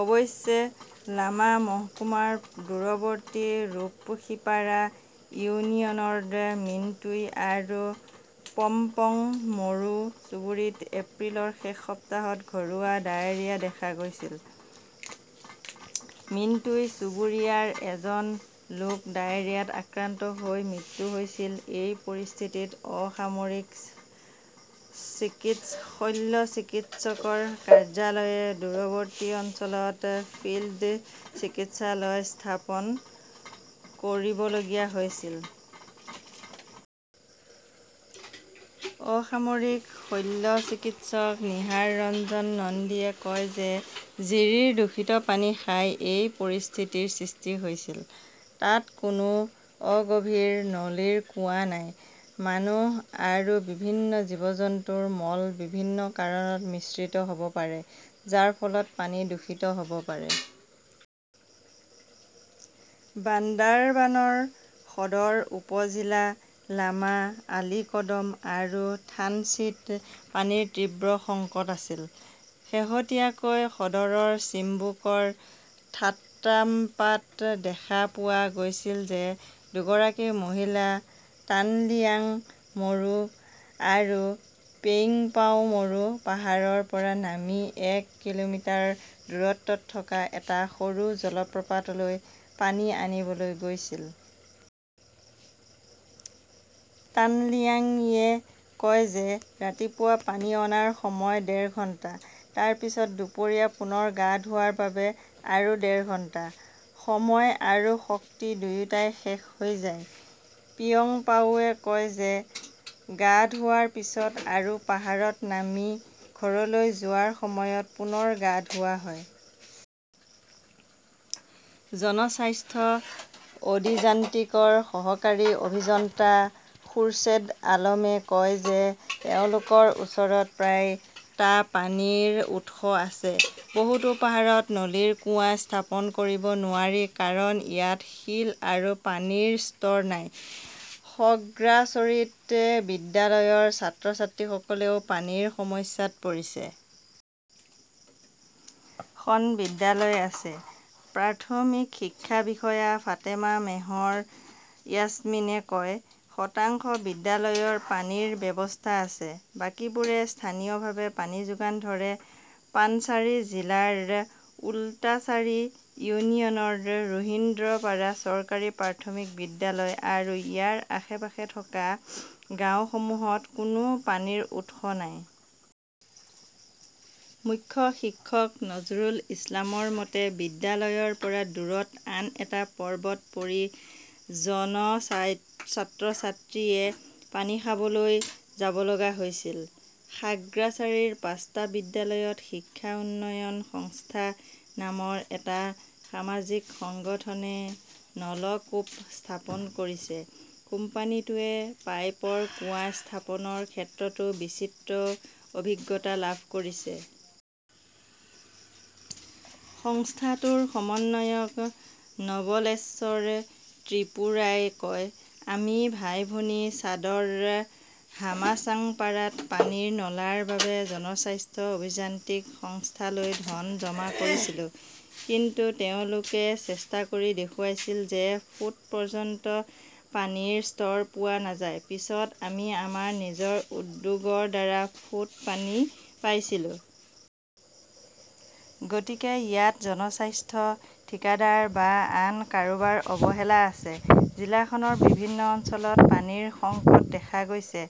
অৱশ্যে, লামা মহকুমাৰ দূৰৱৰ্তী ৰূপসিপাৰা ইউনিয়নৰ মিনটুই আৰু পম্পং মৰো চুবুৰীত এপ্ৰিলৰ শেষ সপ্তাহত ঘৰুৱা ডায়েৰিয়া দেখা গৈছিল। মিনটুই চুবুৰীয়াৰ এজন লোক ডায়েৰিয়াত আক্ৰান্ত হৈ মৃত্যু হৈছিল। এই পৰিস্থিতিত অসামৰিক শল্যচিকিৎসকৰ কাৰ্যালয়ে দূৰৱৰ্তী অঞ্চলত ফিল্ড চিকিৎসালয় স্থাপন কৰিবলগীয়া হৈছিল। অসামৰিক শল্যচিকিৎসক নিহাৰ ৰঞ্জন নন্দীয়ে কয় যে ঝিৰিৰ দূষিত পানী খাই এই পৰিস্থিতিৰ সৃষ্টি হৈছিল। তাত কোনো অগভীৰ নলীৰ কুঁৱা নাই। মানুহ আৰু বিভিন্ন জীৱ-জন্তুৰ মল বিভিন্ন কাৰণত মিশ্ৰিত হ "ব পাৰে, যাৰ ফলত পানী দূষিত হ" ব পাৰে। বান্দাৰবানৰ সদৰ উপ-জিলা, লামা, আলীকদম আৰু থানচীত পানীৰ তীব্ৰ সংকট আছিল। শেহতীয়াকৈ সদৰৰ চিম্বুকৰ থাট্টাম্পাত দেখা পোৱা গৈছিল যে দুগৰাকী মহিলা তানলিয়াং মৰো আৰু পেইঙপাও মৰো পাহাৰৰ পৰা নামি এক কিলোমিটাৰ দূৰত্বত থকা এটা সৰু জলপ্ৰপাতলৈ পানী আনিবলৈ গৈছিল। তানলিয়াংয়ে কয় যে ৰাতিপুৱা পানী অনাৰ সময় ডেৰ ঘণ্টা। তাৰ পিছত দুপৰীয়া পুনৰ গা ধোৱাৰ বাবে আৰু ডেৰ ঘণ্টা। সময় আৰু শক্তি দুয়োটাই শেষ হৈ যায়। পিয়ংপাওৱে কয় যে গা ধোৱাৰ পিছত আৰু পাহাৰত নামি ঘৰলৈ যোৱাৰ সময়ত পুনৰ গা ধোৱা হয়। জনস্বাস্থ্য অভিযান্ত্ৰিকৰ সহকাৰী অভিযন্তা খোৰশ্বেদ আলমে কয় যে তেওঁলোকৰ ওচৰত প্ৰায়, টা পানীৰ উৎস আছে। বহুতো পাহাৰত নলীৰ কুঁৱা স্থাপন কৰিব নোৱাৰি কাৰণ ইয়াত শিল আৰু পানীৰ স্তৰ নাই। খগ্ৰাচৰীত বিদ্যালয়ৰ ছাত্ৰ-ছাত্ৰীসকলেও পানীৰ সমস্যাত পৰিছে। খন বিদ্যালয় আছে ", প্ৰাথমিক শিক্ষা বিষয়া ফাতেমা মেহৰ য়াসমিনে কয়। শতাংশ বিদ্যালয়ৰ পানীৰ ব্যৱস্থা আছে। বাকীবোৰে স্থানীয়ভাৱে পানী যোগান ধৰে। পানছাৰী জিলাৰ উলটাছাৰী ইউনিয়নৰ ৰোহিন্দ্ৰপাৰা চৰকাৰী প্ৰাথমিক বিদ্যালয় আৰু ইয়াৰ আশে-পাশে থকা গাঁওসমূহত কোনো পানীৰ উৎস নাই। মুখ্য শিক্ষক নজৰুল ইছলামৰ মতে বিদ্যালয়ৰ পৰা দূৰত আন এটা পৰ্বত পৰি জন ছাত্ৰ-ছাত্ৰীয়ে পানী খাবলৈ যাব লগা হৈছিল। খাগ্ৰাছাৰীৰ পাঁচটা বিদ্যালয়ত শিক্ষা উন্নয়ন সংস্থা নামৰ এটা সামাজিক সংগঠনে নলকূপ স্থাপন কৰিছে। কোম্পানীটোৱে পাইপৰ কুঁৱা স্থাপনৰ ক্ষেত্ৰতো বিচিত্ৰ অভিজ্ঞতা লাভ কৰিছে। সংস্থাটোৰ সমন্বয়ক নবলেশ্বৰ ত্ৰিপুৰাই কয়, "আমি ভাই-ভনী ছাদৰ হামাচাংপাৰাত পানীৰ নলাৰ বাবে জনস্বাস্থ্য অভিযান্ত্ৰিক সংস্থালৈ ধন জমা কৰিছিলো। কিন্তু তেওঁলোকে চেষ্টা কৰি দেখুৱাইছিল যে ফুট পৰ্যন্ত পানীৰ স্তৰ পোৱা নাযায়। পিছত আমি আমাৰ নিজৰ উদ্যোগৰ দ্বাৰা ফুট পানী পাইছিলোঁ। গতিকে ইয়াত জনস্বাস্থ্য ঠিকাদাৰ বা আন কাৰোবাৰ অৱহেলা আছে। "জিলাখনৰ বিভিন্ন অঞ্চলত পানীৰ সংকট দেখা গৈছে,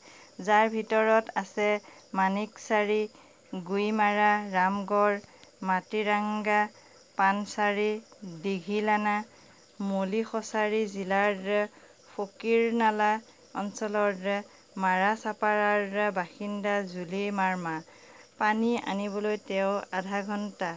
যাৰ ভিতৰত আছে মানিকচাৰী, গুইমাৰা, ৰামগড়, মাটিৰাঙ্গা, পানচাৰী দিঘিনালা। মলিখচাৰী জিলাৰ ফকীৰনালা অঞ্চলৰ মাৰাচাপাৰাৰ বাসিন্দা জুলি মাৰ্মা। পানী আনিবলৈ তেওঁ আধা ঘণ্টা